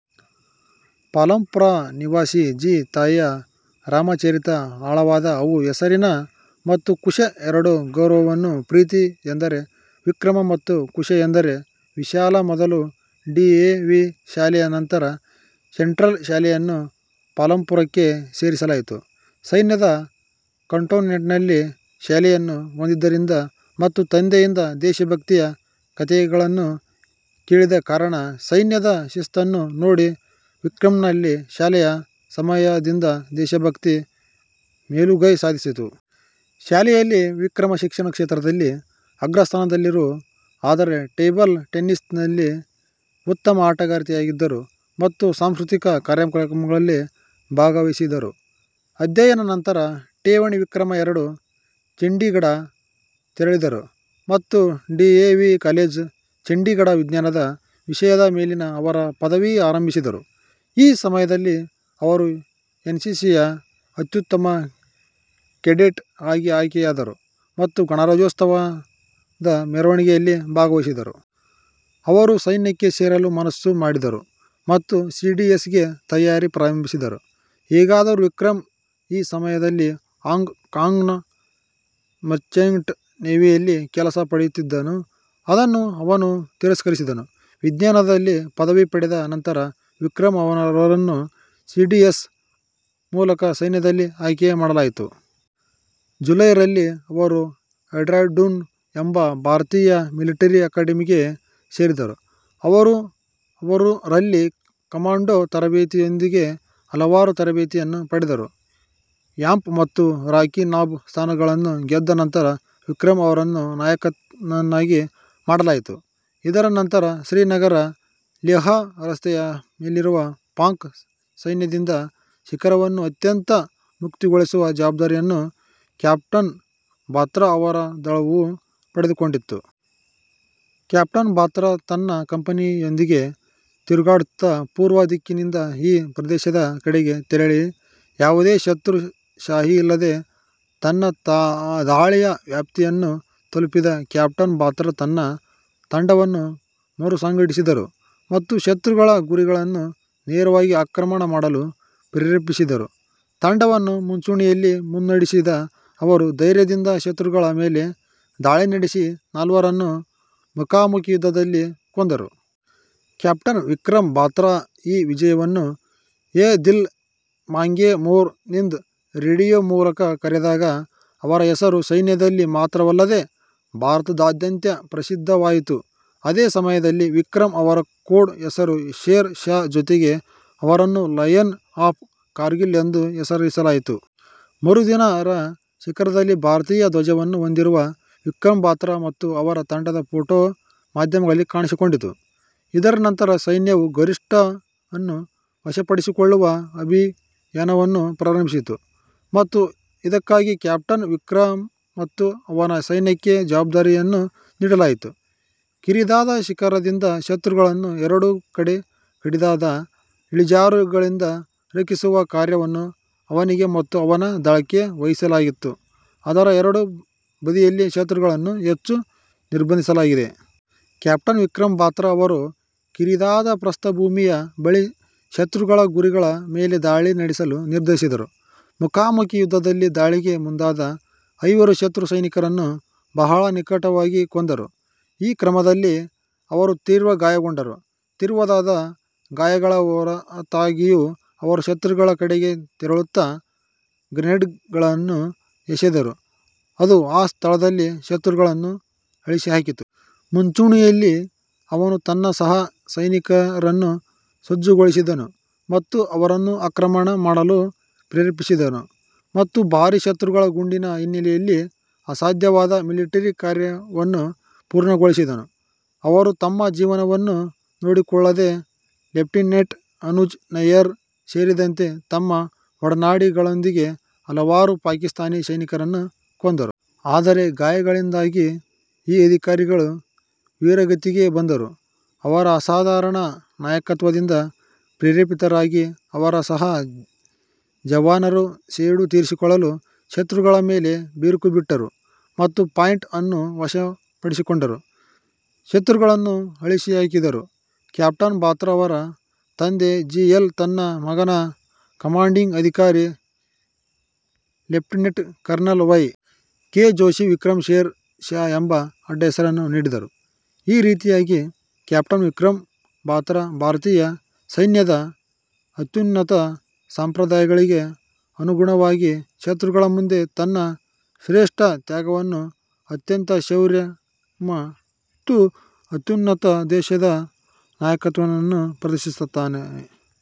ಪಾಲಂಪುರ ನಿವಾಸಿ ಜಿ. ತಾಯಿಯ ರಾಮಚರಿತ ಆಳವಾದ ಅವು ಹೆಸರಿನ ಮತ್ತು ಕುಶ್ ಎರಡೂ ಗೌರವವನ್ನು. ಪ್ರೀತಿ ಎಂದರೆ ವಿಕ್ರಮ್ ಮತ್ತು ಕುಶ್ ಎಂದರೆ ವಿಶಾಲ್. ಮೊದಲು ಡಿಎವಿ ಶಾಲೆ, ನಂತರ ಸೆಂಟ್ರಲ್ ಶಾಲೆಯನ್ನು ಪಾಲಂಪುರಕ್ಕೆ ಸೇರಿಸಲಾಯಿತು. ಸೈನ್ಯದ ಕಂಟೋನ್ಮೆಂಟ್ನಲ್ಲಿ ಶಾಲೆಯನ್ನು ಹೊಂದಿದ್ದರಿಂದ ಮತ್ತು ತಂದೆಯಿಂದ ದೇಶಭಕ್ತಿಯ ಕಥೆಗಳನ್ನು ಕೇಳಿದ ಕಾರಣ ಸೈನ್ಯದ ಶಿಸ್ತನ್ನು ನೋಡಿ, ವಿಕ್ರಮ್ನಲ್ಲಿ ಶಾಲೆಯ ಸಮಯದಿಂದ ದೇಶಭಕ್ತಿ ಮೇಲುಗೈ ಸಾಧಿಸಿತು. ಶಾಲೆಯಲ್ಲಿ, ವಿಕ್ರಮ್ ಶಿಕ್ಷಣ ಕ್ಷೇತ್ರದಲ್ಲಿ ಅಗ್ರಸ್ಥಾನದಲ್ಲಿದ್ದರು, ಆದರೆ ಟೇಬಲ್ ಟೆನಿಸ್ನಲ್ಲಿ ಉತ್ತಮ ಆಟಗಾರರಾಗಿದ್ದರು ಮತ್ತು ಸಾಂಸ್ಕೃತಿಕ ಕಾರ್ಯಕ್ರಮಗಳಲ್ಲಿ ಭಾಗವಹಿಸಿದರು. ಅಧ್ಯಯನ ನಂತರ ಠೇವಣಿ ವಿಕ್ರಮ್ ಎರಡು ಚಂಡೀಘಢ ತೆರಳಿದರು ಮತ್ತು ಡಿಎವಿ ಕಾಲೇಜ್, ಚಂಡೀಘಢ ವಿಜ್ಞಾನದ ವಿಷಯದ ಮೇಲಿನ ಅವರ ಪದವಿ ಆರಂಭಿಸಿದರು. ಈ ಸಮಯದಲ್ಲಿ ಅವರು ಎನ್ಸಿಸಿಯ ಅತ್ಯುತ್ತಮ ಕೆಡೆಟ್ ಆಗಿ ಆಯ್ಕೆಯಾದರು ಮತ್ತು ಗಣರಾಜ್ಯೋತ್ಸವದ ಮೆರವಣಿಗೆಯಲ್ಲಿ ಭಾಗವಹಿಸಿದರು. ಅವರು ಸೈನ್ಯಕ್ಕೆ ಸೇರಲು ಮನಸ್ಸು ಮಾಡಿದರು ಮತ್ತು ಸಿಡಿಎಸ್ ಗೆ ತಯಾರಿ ಪ್ರಾರಂಭಿಸಿದರು. ಹೇಗಾದರೂ, ವಿಕ್ರಮ್ ಈ ಸಮಯದಲ್ಲಿ ಹಾಂಗ್ ಕಾಂಗ್ನ ಮರ್ಚೆಂಟ್ ನೇವಿಯಲ್ಲಿ ಕೆಲಸ ಪಡೆಯುತ್ತಿದ್ದನು, ಅದನ್ನು ಅವನು ತಿರಸ್ಕರಿಸಿದನು. ವಿಜ್ಞಾನದಲ್ಲಿ ಪದವಿ ಪಡೆದ ನಂತರ ವಿಕ್ರಮ್ ಅವರನ್ನು ಸಿಡಿಎಸ್ ಮೂಲಕ ಸೈನ್ಯದಲ್ಲಿ ಆಯ್ಕೆ ಮಾಡಲಾಯಿತು. ಜುಲೈ ರಲ್ಲಿ, ಅವರು ಡೆಹ್ರಾಡೂನ್ ಎಂಬ ಭಾರತೀಯ ಮಿಲಿಟರಿ ಅಕಾಡೆಮಿಗೆ ಸೇರಿದರು. ಅವರು ರಲ್ಲಿ ಕಮಾಂಡೋ ತರಬೇತಿಯೊಂದಿಗೆ ಹಲವಾರು ತರಬೇತಿಯನ್ನು ಪಡೆದರು. ಹ್ಯಾಂಪ್ ಮತ್ತು ರಾಕಿ ನಾಬ್ ಸ್ಥಾನಗಳನ್ನು ಗೆದ್ದ ನಂತರ ವಿಕ್ರಮ್ ಅವರನ್ನು ನಾಯಕನನ್ನಾಗಿ ಮಾಡಲಾಯಿತು. ಇದರ ನಂತರ, ಶ್ರೀನಗರ-ಲೇಹ್ ರಸ್ತೆಯ ಮೇಲಿರುವ ಪಾಕ್ ಸೈನ್ಯದಿಂದ ಶಿಖರವನ್ನು ಅತ್ಯಂತ ಮುಕ್ತಗೊಳಿಸುವ ಜವಾಬ್ದಾರಿಯನ್ನು ಕ್ಯಾಪ್ಟನ್ ಬಾತ್ರಾ ಅವರ ದಳವು ಪಡೆದುಕೊಂಡಿತು. ಕ್ಯಾಪ್ಟನ್ ಬಾತ್ರಾ ತನ್ನ ಕಂಪನಿಯೊಂದಿಗೆ ತಿರುಗಾಡುತ್ತಾ ಪೂರ್ವ ದಿಕ್ಕಿನಿಂದ ಈ ಪ್ರದೇಶದ ಕಡೆಗೆ ತೆರಳಿ ಯಾವುದೇ ಶತ್ರು ಶಾಯಿ ಇಲ್ಲದೆ ತನ್ನ ದಾಳಿಯ ವ್ಯಾಪ್ತಿಯನ್ನು ತಲುಪಿದ. ಕ್ಯಾಪ್ಟನ್ ಬಾತ್ರಾ ತನ್ನ ತಂಡವನ್ನು ಮರುಸಂಘಟಿಸಿದರು ಮತ್ತು ಶತ್ರುಗಳ ಗುರಿಗಳನ್ನು ನೇರವಾಗಿ ಆಕ್ರಮಣ ಮಾಡಲು ಪ್ರೇರೇಪಿಸಿದರು. ತಂಡವನ್ನು ಮುಂಚೂಣಿಯಲ್ಲಿ ಮುನ್ನಡೆಸಿದ ಅವರು ಧೈರ್ಯದಿಂದ ಶತ್ರುಗಳ ಮೇಲೆ ದಾಳಿ ನಡೆಸಿ ನಾಲ್ವರನ್ನು ಮುಖಾಮುಖಿ ಯುದ್ಧದಲ್ಲಿ ಕೊಂದರು. ಕ್ಯಾಪ್ಟನ್ ವಿಕ್ರಮ್ ಬಾತ್ರಾ ಈ ವಿಜಯವನ್ನು 'ಯೆ ದಿಲ್ ಮಾಂಗೆ ಮೋರ್' ನಿಂದ ರೇಡಿಯೊ ಮೂಲಕ ಕರೆದಾಗ, ಅವರ ಹೆಸರು ಸೈನ್ಯದಲ್ಲಿ ಮಾತ್ರವಲ್ಲದೆ ಭಾರತದಾದ್ಯಂತ ಪ್ರಸಿದ್ಧವಾಯಿತು. ಅದೇ ಸಮಯದಲ್ಲಿ, ವಿಕ್ರಮ್ ಅವರ ಕೋಡ್ ಹೆಸರು ಶೇರ್ ಷಾ ಜೊತೆಗೆ, ಅವರನ್ನು 'ಲಯನ್ ಆಫ್ ಕಾರ್ಗಿಲ್' ಎಂದು ಹೆಸರಿಸಲಾಯಿತು. ಮರುದಿನ, ರ ಶಿಖರದಲ್ಲಿ ಭಾರತೀಯ ಧ್ವಜವನ್ನು ಹೊಂದಿರುವ ವಿಕ್ರಮ್ ಬಾತ್ರಾ ಮತ್ತು ಅವರ ತಂಡದ ಫೋಟೋ ಮಾಧ್ಯಮಗಳಲ್ಲಿ ಕಾಣಿಸಿಕೊಂಡಿತು. ಇದರ ನಂತರ, ಸೈನ್ಯವು ಗರಿಷ್ಠ ಅನ್ನು ವಶಪಡಿಸಿಕೊಳ್ಳುವ ಅಭಿಯಾನವನ್ನು ಪ್ರಾರಂಭಿಸಿತು ಮತ್ತು ಇದಕ್ಕಾಗಿ ಕ್ಯಾಪ್ಟನ್ ವಿಕ್ರಮ್ ಮತ್ತು ಅವನ ಸೈನ್ಯಕ್ಕೆ ಜವಾಬ್ದಾರಿಯನ್ನು ನೀಡಲಾಯಿತು. ಕಿರಿದಾದ ಶಿಖರದಿಂದ ಶತ್ರುಗಳನ್ನು ಎರಡೂ ಕಡೆ ಕಡಿದಾದ ಇಳಿಜಾರುಗಳಿಂದ ರಕ್ಷಿಸುವ ಕಾರ್ಯವನ್ನು ಅವನಿಗೆ ಮತ್ತು ಅವನ ದಳಕ್ಕೆ ವಹಿಸಲಾಗಿತ್ತು, ಅದರ ಎರಡೂ ಬದಿಯಲ್ಲಿ ಶತ್ರುಗಳನ್ನು ಹೆಚ್ಚು ನಿರ್ಬಂಧಿಸಲಾಗಿದೆ. ಕ್ಯಾಪ್ಟನ್ ವಿಕ್ರಮ್ ಬಾತ್ರಾ ಅವರು ಕಿರಿದಾದ ಪ್ರಸ್ಥಭೂಮಿಯ ಬಳಿ ಶತ್ರುಗಳ ಗುರಿಗಳ ಮೇಲೆ ದಾಳಿ ನಡೆಸಲು ನಿರ್ಧರಿಸಿದರು. ಮುಖಾಮುಖಿ ಯುದ್ಧದಲ್ಲಿ ದಾಳಿಗೆ ಮುಂದಾದ ಐವರು ಶತ್ರು ಸೈನಿಕರನ್ನು ಬಹಳ ನಿಕಟವಾಗಿ ಕೊಂದರು. ಈ ಕ್ರಮದಲ್ಲಿ ಅವರು ತೀವ್ರ ಗಾಯಗೊಂಡರು. ತೀವ್ರವಾದ ಗಾಯಗಳ ಹೊರತಾಗಿಯೂ, ಅವರು ಶತ್ರುಗಳ ಕಡೆಗೆ ತೆವಳುತ್ತಾ ಗ್ರೆನೇಡ್ಗಳನ್ನು ಎಸೆದರು, ಅದು ಆ ಸ್ಥಳದಲ್ಲಿ ಶತ್ರುಗಳನ್ನು ಅಳಿಸಿಹಾಕಿತು. ಮುಂಚೂಣಿಯಲ್ಲಿ, ಅವನು ತನ್ನ ಸಹ ಸೈನಿಕರನ್ನು ಸಜ್ಜುಗೊಳಿಸಿದನು ಮತ್ತು ಅವರನ್ನು ಆಕ್ರಮಣ ಮಾಡಲು ಪ್ರೇರೇಪಿಸಿದನು ಮತ್ತು ಭಾರೀ ಶತ್ರುಗಳ ಗುಂಡಿನ ಹಿನ್ನೆಲೆಯಲ್ಲಿ ಅಸಾಧ್ಯವಾದ ಮಿಲಿಟರಿ ಕಾರ್ಯವನ್ನು ಪೂರ್ಣಗೊಳಿಸಿದನು. ಅವರು, ತಮ್ಮ ಜೀವನವನ್ನು ನೋಡಿಕೊಳ್ಳದೆ ಲೆಫ್ಟಿನೆಂಟ್ ಅನುಜ್ ನಯ್ಯರ್ ಸೇರಿದಂತೆ ತಮ್ಮ ಒಡನಾಡಿಗಳೊಂದಿಗೆ ಹಲವಾರು ಪಾಕಿಸ್ತಾನಿ ಸೈನಿಕರನ್ನು ಕೊಂದರು. ಆದರೆ ಗಾಯಗಳಿಂದಾಗಿ ಈ ಅಧಿಕಾರಿಗಳು ವೀರಗತಿಗೆ ಬಂದರು. ಅವರ ಅಸಾಧಾರಣ ನಾಯಕತ್ವದಿಂದ ಪ್ರೇರಿತರಾಗಿ, ಅವರ ಸಹ ಜವಾನರು ಸೇಡು ತೀರಿಸಿಕೊಳ್ಳಲು ಶತ್ರುಗಳ ಮೇಲೆ ಬಿರುಕು ಬಿಟ್ಟರು ಮತ್ತು ಪಾಯಿಂಟ್ ಅನ್ನು ವಶಪಡಿಸಿಕೊಂಡರು, ಶತ್ರುಗಳನ್ನು ಅಳಿಸಿಹಾಕಿದರು. ಕ್ಯಾಪ್ಟನ್ ಬಾತ್ರಾ ಅವರ ತಂದೆ ಜಿ. ಎಲ್. ತನ್ನ ಮಗನ ಕಮಾಂಡಿಂಗ್ ಅಧಿಕಾರಿ lieutenant colonel Y. K. Joshi ವಿಕ್ರಮ್ಗೆ ಶೇರ್ ಷಾ ಎಂಬ ಅಡ್ಡಹೆಸರನ್ನು ನೀಡಿದರು. ಈ ರೀತಿಯಾಗಿ, ಕ್ಯಾಪ್ಟನ್ ವಿಕ್ರಮ್ ಬಾತ್ರಾ ಭಾರತೀಯ ಸೈನ್ಯದ ಅತ್ಯುನ್ನತ ಸಂಪ್ರದಾಯಗಳಿಗೆ ಅನುಗುಣವಾಗಿ, ಶತ್ರುಗಳ ಮುಂದೆ, ತನ್ನ ಶ್ರೇಷ್ಠ ತ್ಯಾಗವನ್ನು ಅತ್ಯಂತ ಶೌರ್ಯ ಮತ್ತು ಅತ್ಯುನ್ನತ ಆದೇಶದ ನಾಯಕತ್ವವನ್ನು ಪ್ರದರ್ಶಿಸುತ್ತಾನೆ.